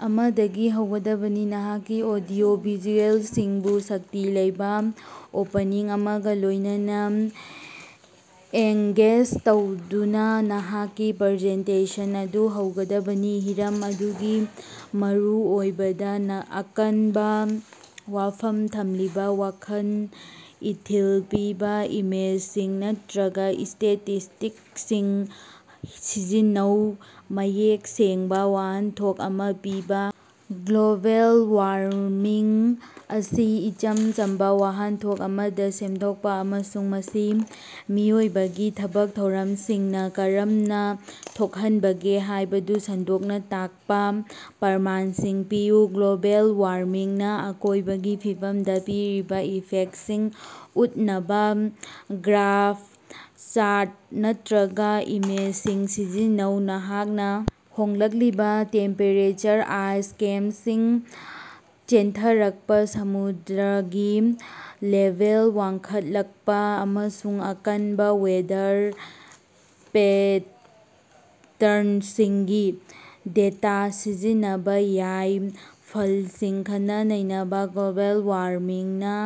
ꯑꯃꯗꯒꯤ ꯍꯧꯒꯗꯕꯅꯤ, ꯅꯍꯥꯛꯀꯤ ꯑꯣꯗꯤꯑꯣ-ꯚꯤꯖꯨꯑꯦꯜꯁꯤꯡꯕꯨ ꯁꯛꯇꯤ ꯂꯩꯕ ꯑꯣꯄꯅꯤꯡ ꯑꯃꯒ ꯂꯣꯏꯅꯅ ꯑꯦꯡꯒꯦꯖ ꯇꯧꯗꯨꯅ ꯅꯍꯥꯛꯀꯤ ꯄ꯭ꯔꯖꯦꯟꯇꯦꯁꯟ ꯑꯗꯨ ꯍꯧꯒꯗꯕꯅꯤ꯫ ꯍꯤꯔꯝ ꯑꯗꯨꯒꯤ ꯃꯔꯨꯑꯣꯏꯕꯗ ꯑꯀꯟꯕ ꯋꯥꯐꯝ ꯊꯝꯂꯤꯕ ꯋꯥꯈꯜ ꯏꯊꯤꯜ ꯄꯤꯕ ꯏꯃꯦꯖꯁꯤꯡ ꯅꯠꯇ꯭ꯔꯒ ꯁ꯭ꯇꯦꯇꯤꯁ꯭ꯇꯤꯛꯁꯁꯤꯡ ꯁꯤꯖꯤꯟꯅꯧ꯫ ꯃꯌꯦꯛ ꯁꯦꯡꯕ ꯋꯥꯍꯟꯊꯣꯛ ꯑꯃꯥ ꯄꯤꯕ ꯒ꯭ꯂꯣꯕꯦꯜ ꯋꯥꯔꯃꯤꯡ ꯑꯁꯤ ꯏꯆꯝ ꯆꯝꯕ ꯋꯥꯍꯟꯊꯣꯛ ꯑꯃꯗ ꯁꯦꯝꯗꯣꯛꯄ ꯑꯃꯁꯨꯡ ꯃꯁꯤ ꯃꯤꯑꯣꯏꯕꯒꯤ ꯊꯕꯛ ꯊꯧꯔꯝꯁꯤꯡꯅ ꯀꯔꯝꯅ ꯊꯣꯛꯍꯟꯕꯒꯦ ꯍꯥꯏꯕꯗꯨ ꯁꯟꯗꯣꯛꯅ ꯇꯥꯛꯄ꯫ ꯄ꯭ꯔꯃꯥꯟꯁꯤꯡ ꯄꯤꯌꯨ ꯒ꯭ꯂꯣꯕꯦꯜ ꯋꯥꯔꯃꯤꯡꯅ ꯑꯀꯣꯏꯕꯒꯤ ꯐꯤꯕꯝꯗ ꯄꯤꯔꯤꯕ ꯏꯐꯦꯛꯁꯤꯡ ꯎꯠꯅꯕ ꯒ꯭ꯔꯥꯐ, ꯆꯥꯔꯠ ꯅꯠꯇ꯭ꯔꯒ ꯏꯃꯦꯖꯁꯤꯡ ꯁꯤꯖꯤꯟꯅꯧ꯫ ꯅꯍꯥꯛꯅ ꯍꯣꯡꯂꯛꯂꯤꯕ ꯇꯦꯝꯄꯦꯔꯦꯆꯔ, ꯑꯥꯏꯁ ꯀꯦꯞꯁꯤꯡ ꯆꯦꯟꯊꯔꯛꯄ, ꯁꯃꯨꯗ꯭ꯔꯒꯤ ꯂꯦꯚꯦꯜ ꯋꯥꯡꯈꯠꯂꯛꯄ, ꯑꯃꯁꯨꯡ ꯑꯀꯟꯕ ꯋꯦꯗꯔ ꯄꯦꯇꯔꯟꯁꯤꯡꯒꯤ ꯗꯦꯇꯥ ꯁꯤꯖꯤꯟꯅꯕ ꯌꯥꯏ꯫ ꯐꯜꯁꯤꯡ ꯈꯟꯅ-ꯅꯩꯅꯕ: ꯒ꯭ꯂꯣꯕꯦꯜ ꯋꯥꯔꯃꯤꯡꯅ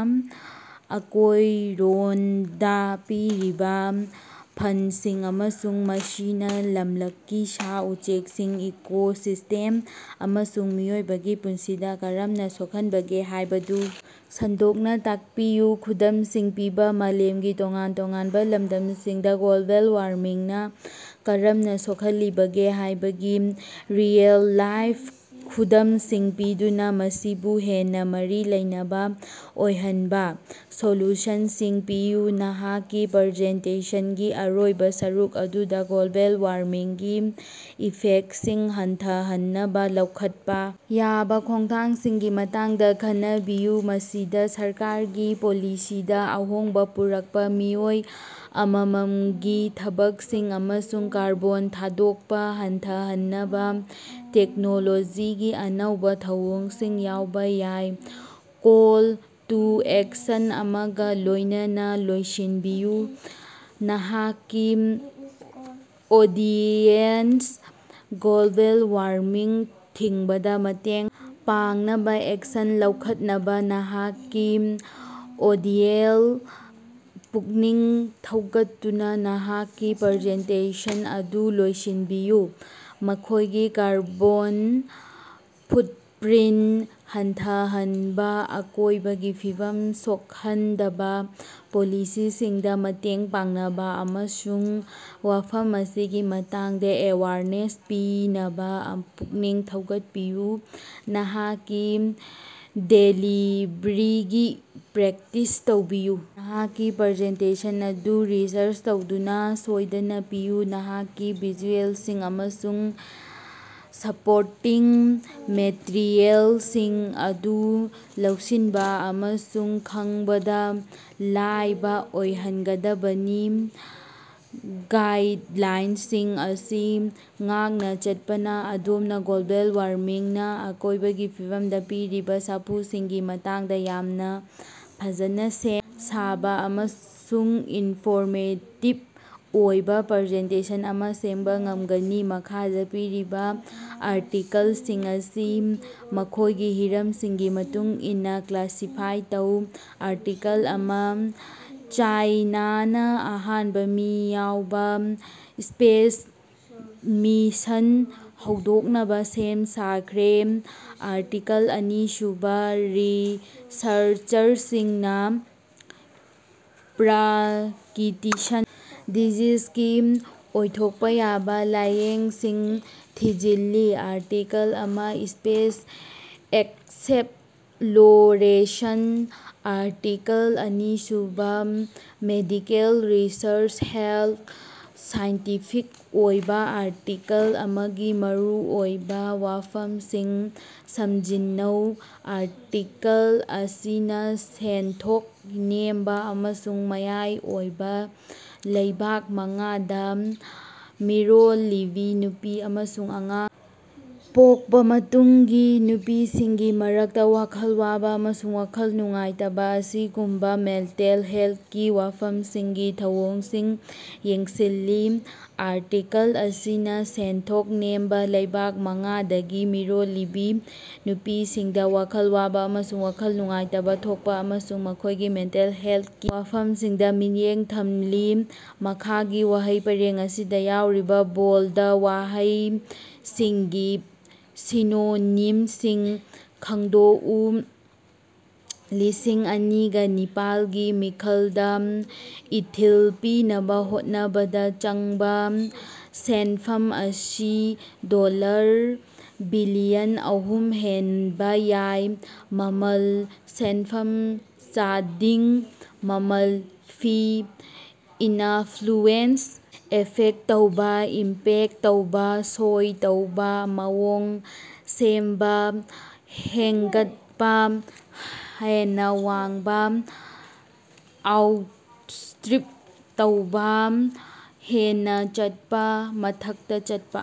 ꯑꯀꯣꯏꯔꯣꯟꯗ ꯄꯤꯔꯤꯕ ꯐꯜꯁꯤꯡ ꯑꯃꯁꯨꯡ ꯃꯁꯤꯅ ꯂꯝꯂꯛꯀꯤ ꯁꯥ-ꯎꯆꯦꯛꯁꯤꯡ, ꯏꯀꯣꯁꯤꯁꯇꯦꯝ ꯑꯃꯁꯨꯡ ꯃꯤꯑꯣꯏꯕꯒꯤ ꯄꯨꯟꯁꯤꯗ ꯀꯔꯝꯅ ꯁꯣꯛꯍꯟꯕꯒꯦ ꯍꯥꯏꯕꯗꯨ ꯁꯟꯗꯣꯛꯅ ꯇꯥꯛꯄꯤꯌꯨ꯫ ꯈꯨꯗꯝꯁꯤꯡ ꯄꯤꯕ ꯃꯥꯂꯦꯝꯒꯤ ꯇꯣꯉꯥꯟ-ꯇꯣꯉꯥꯟꯕ ꯂꯝꯗꯝꯁꯤꯡꯗ ꯒ꯭ꯂꯣꯕꯦꯜ ꯋꯥꯔꯃꯤꯡꯅ ꯀꯔꯝꯅ ꯁꯣꯛꯍꯜꯂꯤꯕꯒꯦ ꯍꯥꯏꯕꯒꯤ ꯔꯤꯑꯦꯜ-ꯂꯥꯏꯐ ꯈꯨꯗꯝꯁꯤꯡ ꯄꯤꯗꯨꯅꯥ ꯃꯁꯤꯕꯨ ꯍꯦꯟꯅ ꯃꯔꯤ ꯂꯩꯅꯕ ꯑꯣꯏꯍꯟꯕ꯫ ꯁꯣꯂꯨꯁꯟꯁꯤꯡ ꯄꯤꯌꯨ ꯅꯍꯥꯛꯀꯤ ꯄ꯭ꯔꯖꯦꯟꯇꯦꯁꯟꯒꯤ ꯑꯔꯣꯏꯕ ꯁꯔꯨꯛ ꯑꯗꯨꯗꯥ ꯒ꯭ꯂꯣꯕꯦꯜ ꯋꯥꯔꯃꯤꯡꯒꯤ ꯏꯐꯦꯛꯁꯤꯡ ꯍꯟꯊꯍꯟꯅꯕ ꯂꯧꯈꯠꯄꯥ ꯌꯥꯕ ꯈꯣꯡꯊꯥꯡꯁꯤꯡꯒꯤ ꯃꯇꯥꯡꯗ ꯈꯟꯅꯕꯤꯌꯨ꯫ ꯃꯁꯤꯗ ꯁꯔꯀꯥꯔꯒꯤ ꯄꯣꯂꯤꯁꯤꯗ ꯑꯍꯣꯡꯕ ꯄꯨꯔꯛꯄ, ꯃꯤꯑꯣꯏ ꯑꯃꯃꯝꯒꯤ ꯊꯕꯛꯁꯤꯡ, ꯑꯃꯁꯨꯡ ꯀꯥꯔꯕꯣꯟ ꯊꯥꯗꯣꯛꯄ ꯍꯟꯊꯍꯟꯅꯕ ꯇꯦꯛꯅꯣꯂꯣꯖꯤꯒꯤ ꯑꯅꯧꯕꯥ ꯊꯧꯑꯣꯡꯁꯤꯡ ꯌꯥꯎꯕ ꯌꯥꯏ꯫ ꯀꯣꯜ ꯇꯨ ꯑꯦꯛꯁꯟ ꯑꯃꯒ ꯂꯣꯏꯅꯅ ꯂꯣꯏꯁꯤꯟꯕꯤꯌꯨ ꯅꯍꯥꯛꯀꯤ ꯑꯣꯗꯤꯌꯦꯟꯁ ꯒ꯭ꯂꯣꯕꯦꯜ ꯋꯥꯔꯃꯤꯡ ꯊꯤꯡꯕꯗ ꯃꯇꯦꯡ ꯄꯥꯡꯅꯕ ꯑꯦꯛꯁꯟ ꯂꯧꯈꯠꯅꯕ ꯅꯍꯥꯛꯀꯤ ꯑꯣꯗꯤꯑꯦꯟꯁ ꯄꯨꯛꯅꯤꯡ ꯊꯧꯒꯠꯇꯨꯅ ꯅꯍꯥꯛꯀꯤ ꯄ꯭ꯔꯖꯦꯟꯇꯦꯁꯟ ꯑꯗꯨ ꯂꯣꯏꯁꯤꯟꯕꯤꯌꯨ꯫ ꯃꯈꯣꯏꯒꯤ ꯀꯥꯔꯕꯣꯟ ꯐꯨꯠꯄ꯭ꯔꯤꯟꯠ ꯍꯟꯊꯍꯟꯅꯕ, ꯑꯀꯣꯏꯕꯒꯤ ꯐꯤꯕꯝ ꯁꯣꯛꯍꯟꯗꯕ ꯄꯣꯂꯤꯁꯤꯁꯤꯡꯗ ꯃꯇꯦꯡ ꯄꯥꯡꯅꯕ ꯑꯃꯁꯨꯡ ꯋꯥꯐꯝ ꯑꯁꯤꯒꯤ ꯃꯇꯥꯡꯗ ꯑꯦꯋꯦꯌ꯭ꯔꯅꯦꯁ ꯄꯤꯅꯕ ꯄꯨꯛꯅꯤꯡ ꯊꯧꯒꯠꯄꯤꯌꯨ꯫ ꯅꯍꯥꯛꯀꯤ ꯗꯦꯂꯤꯚꯔꯤꯒꯤ ꯄ꯭ꯔꯦꯛꯇꯤꯁ ꯇꯧꯕꯤꯌꯨ ꯅꯍꯥꯛꯀꯤ ꯄ꯭ꯔꯖꯦꯟꯇꯦꯁꯟ ꯑꯗꯨ ꯔꯤꯖꯔ꯭ꯁ ꯇꯧꯗꯨꯅ ꯁꯣꯏꯗꯅ ꯄꯤꯌꯨ꯫ ꯅꯍꯥꯛꯀꯤ ꯚꯤꯖꯨꯑꯦꯜꯁꯤꯡ ꯑꯃꯁꯨꯡ ꯁꯄꯣꯔꯇꯤꯡ ꯃꯦꯇꯔꯤꯑꯦꯜꯁꯤꯡ ꯑꯗꯨ ꯂꯧꯁꯤꯟꯕ ꯑꯃꯁꯨꯡ ꯈꯪꯕꯗ ꯂꯥꯏꯕ ꯑꯣꯏꯍꯟꯒꯗꯕꯅꯤ꯫ ꯒꯥꯏꯗꯂꯥꯏꯟꯁꯤꯡ ꯑꯁꯤ ꯉꯥꯛꯅꯥ ꯆꯠꯄꯅ ꯑꯗꯣꯝꯅ ꯒ꯭ꯂꯣꯕꯦꯜ ꯋꯥꯔꯃꯤꯡꯅ ꯑꯀꯣꯏꯕꯒꯤ ꯐꯤꯕꯝꯗ ꯄꯤꯔꯤꯕ ꯁꯥꯐꯨꯁꯤꯡꯒꯤ ꯃꯇꯥꯡꯗ ꯌꯥꯝꯅ ꯐꯖꯅ ꯁꯦꯝ ꯁꯥꯕ ꯑꯃꯁꯨꯡ ꯏꯟꯐꯣꯔꯃꯦꯇꯤꯕ ꯑꯣꯏꯕ ꯄ꯭ꯔꯖꯦꯟꯇꯦꯁꯟ ꯑꯃ ꯁꯦꯝꯕ ꯉꯝꯒꯅꯤ꯫ ꯃꯈꯥꯗ ꯄꯤꯔꯤꯕ ꯑꯥꯔꯇꯤꯀꯜꯁꯤꯡ ꯑꯁꯤ ꯃꯈꯣꯏꯒꯤ ꯍꯤꯔꯝꯁꯤꯡꯒꯤ ꯃꯇꯨꯡ ꯏꯟꯅ ꯀ꯭ꯂꯥꯁꯤꯐꯥꯏ ꯇꯧ꯫ ꯑꯥꯔꯇꯤꯀꯜ ꯑꯃ ꯆꯥꯏꯅꯥꯅ ꯑꯍꯥꯟꯕ ꯃꯤ ꯌꯥꯎꯕ ꯁ꯭ꯄꯦꯁ ꯃꯤꯁꯟ ꯍꯧꯗꯣꯛꯅꯕ ꯁꯦꯝ ꯁꯥꯈ꯭ꯔꯦ꯫ ꯑꯥꯔꯇꯤꯀꯜ ꯑꯅꯤꯁꯨꯕ ꯔꯤꯁꯔꯆꯔꯁꯤꯡꯅ ꯄꯥꯔꯀꯤꯟꯁꯟ꯭ꯁ ꯗꯤꯖꯤꯖꯒꯤ ꯑꯣꯏꯊꯣꯛꯄ ꯌꯥꯕ ꯂꯥꯏꯌꯦꯡꯁꯤꯡ ꯊꯤꯖꯤꯜꯂꯤ꯫ ꯑꯥꯔꯇꯤꯀꯜ ꯑꯃ ꯁ꯭ꯄꯦꯁ ꯑꯦꯛꯁꯄꯂꯣꯔꯦꯁꯟ ꯑꯥꯔꯇꯤꯀꯜ ꯑꯅꯤꯁꯨꯕ ꯃꯦꯗꯤꯀꯦꯜ ꯔꯤꯁ꯭ꯔꯆ ꯍꯦꯜꯊ꯫ ꯁꯥꯏꯟꯇꯤꯐꯤꯛ ꯑꯣꯏꯕ ꯑꯥꯔꯇꯤꯀꯜ ꯑꯃꯒꯤ ꯃꯔꯨꯑꯣꯏꯕ ꯋꯥꯐꯝꯁꯤꯡ ꯁꯃꯖꯤꯟꯅꯧ꯫ ꯑꯥꯔꯇꯤꯀꯜ ꯑꯁꯤꯅꯥ ꯁꯦꯟꯊꯣꯛ ꯅꯦꯝꯕ ꯑꯃꯁꯨꯡ ꯃꯌꯥꯏ ꯑꯣꯏꯕ ꯂꯩꯕꯥꯛ ꯃꯉꯥꯗ ꯃꯤꯔꯣꯜꯂꯤꯕꯤ ꯅꯨꯄꯤ ꯑꯃꯁꯨꯡ ꯑꯉꯥꯡ ꯄꯣꯛꯄꯥ ꯃꯇꯨꯡꯒꯤ ꯅꯨꯄꯤꯁꯤꯡꯒꯤ ꯃꯔꯛꯇ ꯋꯥꯈꯜ ꯋꯥꯕꯥ ꯑꯃꯁꯨꯡ ꯋꯥꯈꯜ ꯅꯨꯡꯉꯥꯏꯇꯕ ꯑꯁꯤꯒꯨꯝꯕꯥ ꯃꯦꯟꯇꯦꯜ ꯍꯦꯜꯊꯀꯤ ꯋꯥꯐꯝꯁꯤꯡꯒꯤ ꯊꯧꯑꯣꯡꯁꯤꯡ ꯌꯦꯡꯁꯤꯜꯂꯤ꯫ ꯑꯥꯔꯇꯤꯀꯜ ꯑꯁꯤꯅ ꯁꯦꯟꯊꯣꯛ ꯅꯦꯝꯕ ꯂꯩꯕꯥꯛ ꯃꯉꯥꯗꯒꯤ ꯃꯤꯔꯣꯜꯂꯤꯕꯤ ꯅꯨꯄꯤꯁꯤꯡꯗꯥ ꯋꯥꯈꯜ ꯋꯥꯕ ꯑꯃꯁꯨꯡ ꯋꯥꯈꯜ ꯅꯨꯡꯉꯥꯏꯇꯕ ꯊꯣꯛꯄꯥ ꯑꯃꯁꯨꯡ ꯃꯈꯣꯏꯒꯤ ꯃꯦꯟꯇꯦꯜ ꯍꯦꯜꯊꯀꯤ ꯋꯥꯐꯝꯁꯤꯡꯗ ꯃꯤꯠꯌꯦꯡ ꯊꯝꯂꯤ꯫ ꯃꯈꯥꯒꯤ ꯋꯥꯍꯩ ꯄꯔꯦꯡ ꯑꯁꯤꯗ ꯌꯥꯎꯔꯤꯕ ꯕꯣꯜꯗ ꯋꯥꯍꯩꯁꯤꯡꯒꯤ ꯁꯤꯅꯣꯅꯤꯝꯁꯤꯡ ꯈꯪꯗꯣꯛꯎ꯫ ꯂꯤꯁꯤꯡ ꯑꯅꯤꯒ ꯅꯤꯄꯥꯜꯒꯤ ꯃꯤꯈꯜꯗ ꯏꯊꯤꯜ ꯄꯤꯅꯕ ꯍꯣꯠꯅꯕꯗ ꯆꯪꯕ ꯁꯦꯟꯐꯝ ꯑꯁꯤ ꯗꯣꯜꯂꯔ ꯕꯤꯂꯤꯌꯟ ꯑꯍꯨꯝ ꯍꯦꯟꯕ ꯌꯥꯏ꯫ ꯃꯃꯜ ꯁꯦꯟꯐꯝ, ꯆꯥꯗꯤꯡ, ꯃꯃꯜ, ꯐꯤ꯫ ꯏꯅꯐ꯭ꯂꯨꯑꯦꯟꯁ ꯑꯦꯐꯦꯛ ꯇꯧꯕꯥ, ꯏꯝꯄꯦꯛ ꯇꯧꯕꯥ, ꯁꯣꯏ ꯇꯧꯕꯥ, ꯃꯑꯣꯡ ꯁꯦꯝꯚ꯫ ꯍꯦꯡꯒꯠꯄ: ꯍꯦꯟꯅ ꯋꯥꯡꯕꯥ, ꯑꯥꯎꯠꯁ꯭ꯇ꯭ꯔꯤꯞ ꯇꯧꯕꯥ, ꯍꯦꯟꯅ ꯆꯠꯄ, ꯃꯊꯛꯇ ꯆꯠꯄ꯫